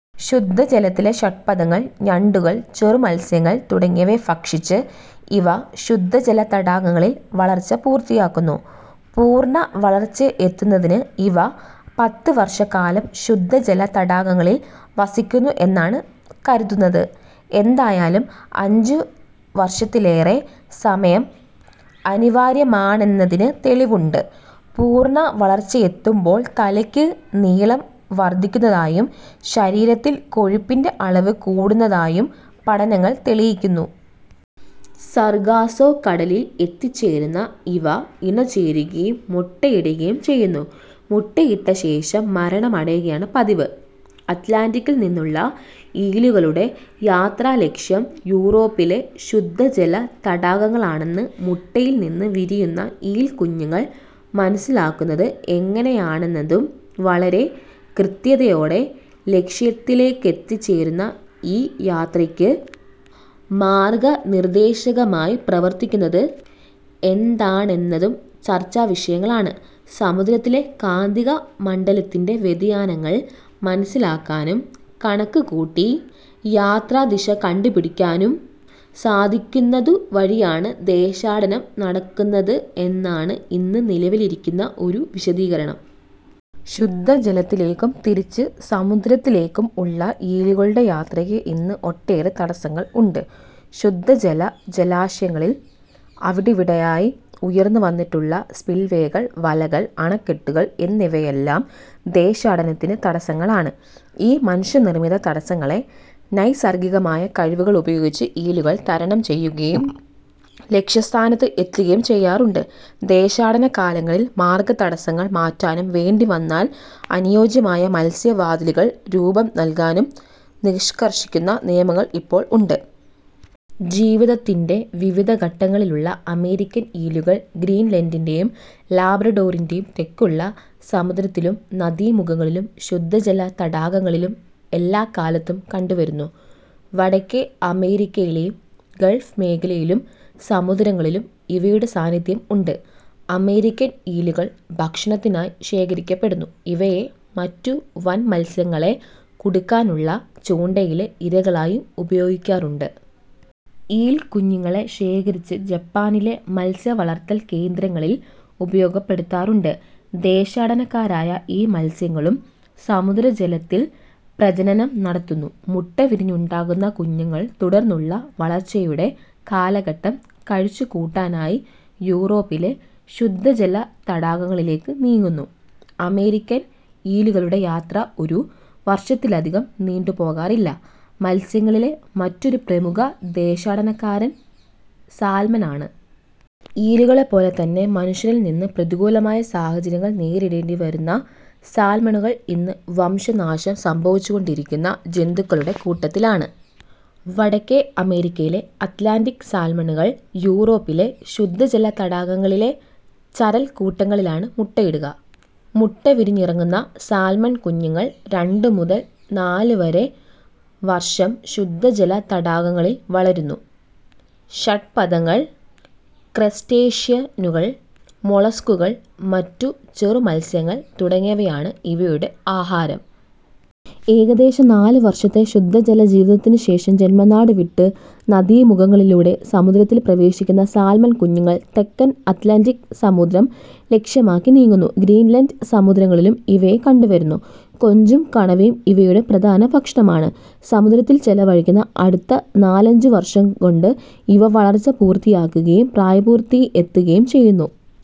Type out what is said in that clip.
ശുദ്ധജലത്തിലെ ഷഡ്പദങ്ങൾ, ഞണ്ടുകൾ, ചെറുമത്സ്യങ്ങൾ തുടങ്ങിയവയെ ഭക്ഷിച്ച് ഇവ ശുദ്ധജല തടാകങ്ങളിൽ വളർച്ച പൂർത്തിയാക്കുന്നു. പൂർണവളർച്ചയെത്തുന്നതിന് ഇവ പത്ത് വർഷക്കാലം ശുദ്ധജല തടാകങ്ങളിൽ വസിക്കുന്നു എന്നാണ് കരുതുന്നത്. എന്തായാലും അഞ്ച് വർഷത്തിലേറെ സമയം അനിവാര്യമാണെന്നതിന് തെളിവുണ്ട്. പൂർണവളർച്ചയെത്തുമ്പോൾ തലയ്ക്ക് നീളം വർധിക്കുന്നതായും ശരീരത്തിൽ കൊഴുപ്പിന്റെ അളവ് കൂടുന്നതായും പഠനങ്ങൾ തെളിയിക്കുന്നു. സർഗാസോ കടലിൽ എത്തിച്ചേരുന്ന ഇവ ഇണചേരുകയും മുട്ടയിടുകയും ചെയ്യുന്നു. മുട്ടയിട്ടശേഷം മരണമടയുകയാണു പതിവ്. അത് ലാന്റിക്കിൽ നിന്നുള്ള ഈലുകളുടെ യാത്രാലക്ഷ്യം യൂറോപ്പിലെ ശുദ്ധജല തടാകങ്ങളാണെന്ന് മുട്ടയിൽനിന്ന് വിരിയുന്ന ഈൽക്കുഞ്ഞുങ്ങൾ മനസ്സിലാക്കുന്നത് എങ്ങനെയാണെന്നതും വളരെ കൃത്യതയോടെ ലക്ഷ്യത്തിലെത്തിച്ചേരുന്ന ഈ യാത്രയ്ക്ക് മാർഗനിർദ്ദേശകമായി പ്രവർത്തിക്കുന്നത് എന്താണെന്നതും ചർച്ചാവിഷയങ്ങളാണ്. സമുദ്രത്തിലെ കാന്തിക മണ്ഡലത്തിന്റെ വ്യതിയാനങ്ങൾ മനസ്സിലാക്കാനും കണക്കുകൂട്ടി യാത്രാദിശ കണ്ടുപിടിക്കാനും സാധിക്കുന്നതുവഴിയാണ് ദേശാടനം നടക്കുന്നത് എന്നാണ് ഇന്ന് നിലവിലിരിക്കുന്ന ഒരു വിശദീകരണം. ശുദ്ധജലത്തിലേക്കും തിരിച്ച് സമുദ്രത്തിലേക്കും ഉള്ള ഈലുകളുടെ യാത്രയ്ക്ക് ഇന്ന് ഒട്ടേറെ തടസ്സങ്ങൾ ഉണ്ട്. ശുദ്ധജല ജലാശയങ്ങളിൽ അവിടവിടെ ആയി ഉയർന്നുവന്നിട്ടുള്ള സ്പിൽവേകൾ, വലകൾ, അണക്കെട്ടുകൾ എന്നിവയെല്ലാം ദേശാടനത്തിന് തടസ്സങ്ങളാണ്. ഈ മനുഷ്യനിർമിത തടസ്സങ്ങളെ നൈസർഗികമായ കഴിവുകളുപയോഗിച്ച് ഈലുകൾ തരണം ചെയ്യുകയും ലക്ഷ്യസ്ഥാനത്ത് എത്തുകയും ചെയ്യാറുണ്ട്. ദേശാടന കാലങ്ങളിൽ മാർഗതടസ്സങ്ങൾ മാറ്റാനും, വേണ്ടിവന്നാൽ അനുയോജ്യമായ 'മത്സ്യ വാതിലുകൾക്ക്' രൂപംനല്കാനും നിഷ്കർഷിക്കുന്ന നിയമങ്ങൾ ഇപ്പോൾ ഉണ്ട്. ജീവിതത്തിന്റെ വിവിധ ഘട്ടങ്ങളിലുള്ള അമേരിക്കൻ ഈലുകൾ ഗ്രീൻലൻഡിന്റെയും ലാബ്രഡോറിന്റെയും തെക്കുള്ള സമുദ്രത്തിലും നദീമുഖങ്ങളിലും ശുദ്ധജല തടാകങ്ങളിലും എല്ലാക്കാലത്തും കണ്ടുവരുന്നു. വടക്കേ അമേരിക്കയിലെയും ഗൾഫ് മേഖലയിലെയും സമുദ്രങ്ങളിലും ഇവയുടെ സാന്നിധ്യം ഉണ്ട്. അമേരിക്കൻ ഈലുകൾ ഭക്ഷണത്തിനായി ശേഖരിക്കപ്പെടുന്നു. ഇവയെ മറ്റു വൻമത്സ്യങ്ങളെ കുടുക്കാനുള്ള ചൂണ്ടയിലെ ഇരകളായും ഉപയോഗിക്കാറുണ്ട്. ഈൽക്കുഞ്ഞുങ്ങളെ ശേഖരിച്ച് ജപ്പാനിലെ മത്സ്യവളർത്തൽ കേന്ദ്രങ്ങളിൽ ഉപയോഗപ്പെടുത്താറുണ്ട്. ദേശാടനക്കാരായ ഈ മത്സ്യങ്ങളും സമുദ്രജലത്തിൽ പ്രജനനം നടത്തുന്നു. മുട്ട വിരിഞ്ഞുണ്ടാകുന്ന കുഞ്ഞുങ്ങൾ തുടർന്നുള്ള വളർച്ചയുടെ കാലഘട്ടം കഴിച്ചുകൂട്ടാനായി യൂറോപ്പിലെ ശുദ്ധജല തടാകങ്ങളിലേക്കു നീങ്ങുന്നു. അമേരിക്കൻ ഈലുകളുടെ യാത്ര ഒരു വർഷത്തിലധികം നീണ്ടുപോകാറില്ല. മത്സ്യങ്ങളിലെ മറ്റൊരു പ്രമുഖ ദേശാടനക്കാരൻ സാൽമൺ ആണ്. ഈലുകളെപ്പോലെതന്നെ മനുഷ്യനിൽനിന്നു പ്രതികൂലമായ സാഹചര്യങ്ങൾ നേരിടേണ്ടിവരുന്ന സാൽമണുകൾ ഇന്ന് വംശനാശം സംഭവിച്ചുകൊണ്ടിരിക്കുന്ന ജന്തുക്കളുടെ കൂട്ടത്തിലാണ്. വടക്കേ അമേരിക്കയിലെ അത് ലാന്റിക് സാൽമണുകൾ യൂറോപ്പിലെ ശുദ്ധജല തടാകങ്ങളിലെ ചരൽക്കൂട്ടങ്ങളിലാണ് മുട്ടയിടുക. മുട്ട വിരിഞ്ഞിറങ്ങുന്ന സാൽമൺ കുഞ്ഞുങ്ങൾ രണ്ടുമുതൽ നാലുവരെ വർഷം ശുദ്ധജല തടാകങ്ങളിൽ വളരുന്നു. ഷഡ്പദങ്ങൾ, ക്രസ്റ്റേഷ്യനുകൾ, മൊളസ്കുകൾ, മറ്റു ചെറു മത്സ്യങ്ങൾ തുടങ്ങിയവയാണ് ഇവയുടെ ആഹാരം. ഏകദേശം നാലുവർഷത്തെ ശുദ്ധജലജീവിതത്തിനുശേഷം ജന്മനാടു വിട്ട് നദീമുഖങ്ങളിലൂടെ സമുദ്രത്തിൽ പ്രവേശിക്കുന്ന സാൽമൺ കുഞ്ഞുങ്ങൾ തെക്കൻ അത് ലാന്റിക് സമുദ്രം ലക്ഷ്യമാക്കി നീങ്ങുന്നു. ഗ്രീൻലൻഡ് സമുദ്രങ്ങളിലും ഇവയെ കണ്ടുവരുന്നു. കൊഞ്ചും കണവയും ഇവയുടെ പ്രധാന ഭക്ഷണമാണ്. സമുദ്രത്തിൽ ചെലവഴിക്കുന്ന അടുത്ത നാലഞ്ചു വർഷംകൊണ്ട് ഇവ വളർച്ച പൂർത്തിയാക്കുകയും പ്രായപൂർത്തിയെത്തുകയും ചെയ്യുന്നു.